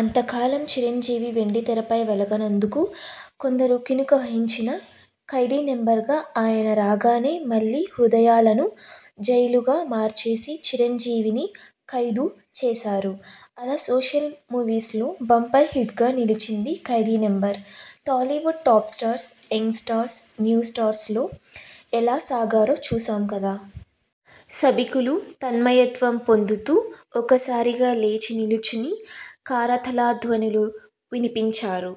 అంత కాలం చిరంజీవి వెండితెరపై వెలగనందుకు కొందరు కినుక వహించినా, 'ఖైదీ నంబర్ 'గా ఆయన రాగానే మళ్ళీ తమ హృదయాలను జైళ్ళుగా మార్చేసి, చిరంజీవిని ఖైదు చేశారు. అలా సోషల్ మూవీస్లో బంపర్ హిట్గా నిలచింది 'Khaidi number '. Tollywood top stars, young stars, new stars లో ఎలా సాగారో చూశాం కదా. సభికులు తన్మయత్వం పొందుతూ ఒక్కసారిగా లేచి నిలుచుని కరతాళధ్వనులు వినిపించారు.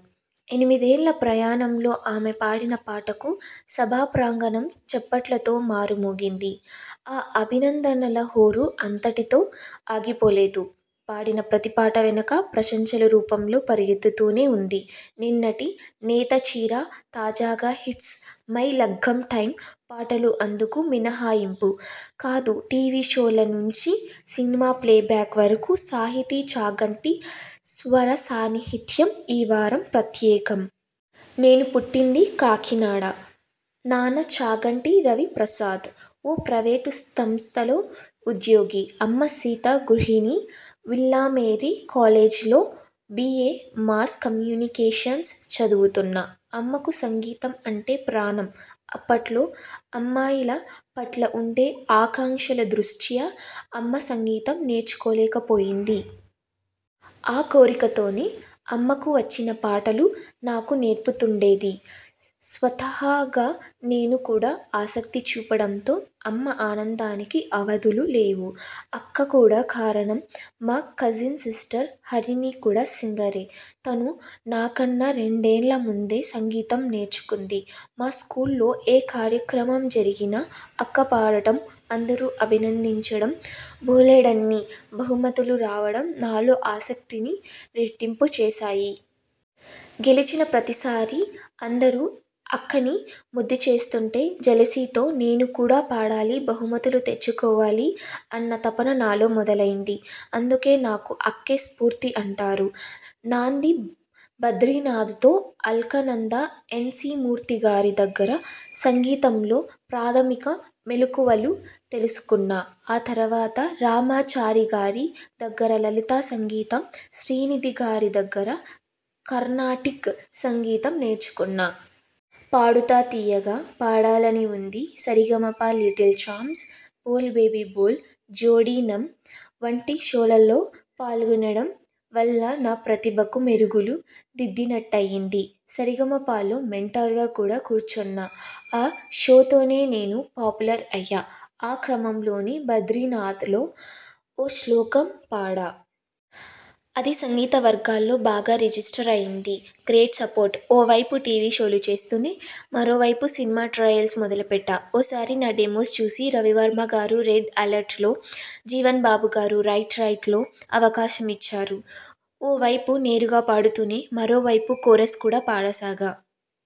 ఎనిమిదేళ్ల ప్రాయంలో ఆమె పాడిన పాటకు సభా ప్రాంగణం చప్పట్లతో మారుమోగింది. ఆ అభినందనల హోరు అంతటితో ఆగిపోలేదు. పాడిన ప్రతిపాట వెనుకా ప్రశంసల రూపంలో పరిగెత్తుతూనే ఉంది. నిన్నటి 'నేతచీర ', తాజాగా 'ఇట్స్ మై లగ్గం టైమ్' పాటలూ అందుకు మినహాయింపు కాదు టీవీ షోల నుంచి సినిమా ప్లేబ్యాక్ వరకు సాహితీ చాగంటి స్వరసాన్నిహిత్యం ఈవారం ప్రత్యేకం. నేను పుట్టింది కాకినాడ. నాన్న చాగంటి రవి ప్రసాద్, ఓ ప్రైవేట్ సంస్థలో ఉద్యోగి. అమ్మ సీత గృహిణి. విల్లామేరీ కాలేజ్లో బి. ఏ మాస్ కమ్యూనికేషన్స్ చదువుతున్నా. అమ్మకు సంగీతం అంటే ప్రాణం. అప్పట్లో అమ్మాయిల పట్ల ఉండే ఆంక్షల దృష్ట్యా అమ్మ సంగీతం నేర్చుకోలేకపోయింది. ఆ కోరికతోనే, అమ్మకు వచ్చిన పాటలు నాకు నేర్పుతుండేది. స్వతహాగా నేను కూడా ఆసక్తి చూపడంతో అమ్మ ఆనందానికి అవధుల్లేవు. అక్క కూడా కారణం మా కజిన్ సిస్టర్ హరిణి కూడా సింగరే. తను నాకన్నా రెండేళ్ల ముందే సంగీతం నేర్చుకుంది. మా స్కూల్లో ఏ కార్యక్రమం జరిగినా అక్క పాడటం, అందరూ అభినందించడం, బోలెడన్ని బహుమతులు రావడం నాలో ఆసక్తిని రెట్టింపు చేశాయి. గెలిచిన ప్రతిసారీ అందరూ అక్కని ముద్దు చేస్తుంటే జెలసీతో 'నేను కూడా పాడాలి బహుమతులు తెచ్చుకోవాలి' అన్న తపన నాలో మొదలైంది. అందుకే నాకు అక్కే స్ఫూర్తి అంటాను. నాంది 'బద్రినాథ్'తో! అలక్నంద్, ఎన్. సి. మూర్తిగారి దగ్గర సంగీతంలో ప్రాథమిక మెలకువలు తెలుసుకున్నా. ఆ తర్వాత రామాచారిగారి దగ్గర లలిత సంగీతం, శ్రీనిధిగారి దగ్గర కర్ణాటిక్ సంగీతం నేర్చుకున్నా. 'Paadutha Theeyaga', 'Paadalani Undi', 'Sarigamapa little champs', 'Bol baby Bol', 'Jodi నం. ' వంటి షోలలో పాల్గొనడం వల్ల నా ప్రతిభకు మెరుగులు దిద్దినట్టయింది. 'సరిగమప'లో మెంటర్గా కూడా కూర్చొన్నా. ఆ షోతోనే నేను పాపులర్ అయ్యా. ఆ క్రమంలోనే 'బద్రినాథ్'లో ఓ శ్లోకం పాడా. అది సంగీతవర్గాల్లో బాగా రిజిస్టర్ అయింది. Great support! ఓ వైపు టీవీ షోలు చేస్తూనే, మరోవైపు సినిమా ట్రయల్స్ మొదలుపెట్టా. ఓ సారి నా డెమోస్ చూసి రవివర్మగారు 'రెడ్ ఎలర్ట్'లో, జీవన్బాబుగారు 'రైట్ రైట్'లో అవకాశమిచ్చారు. ఓ వైపు నేరుగా పాడుతూనే, మరోవైపు కోరస్ కూడా పాడసాగా.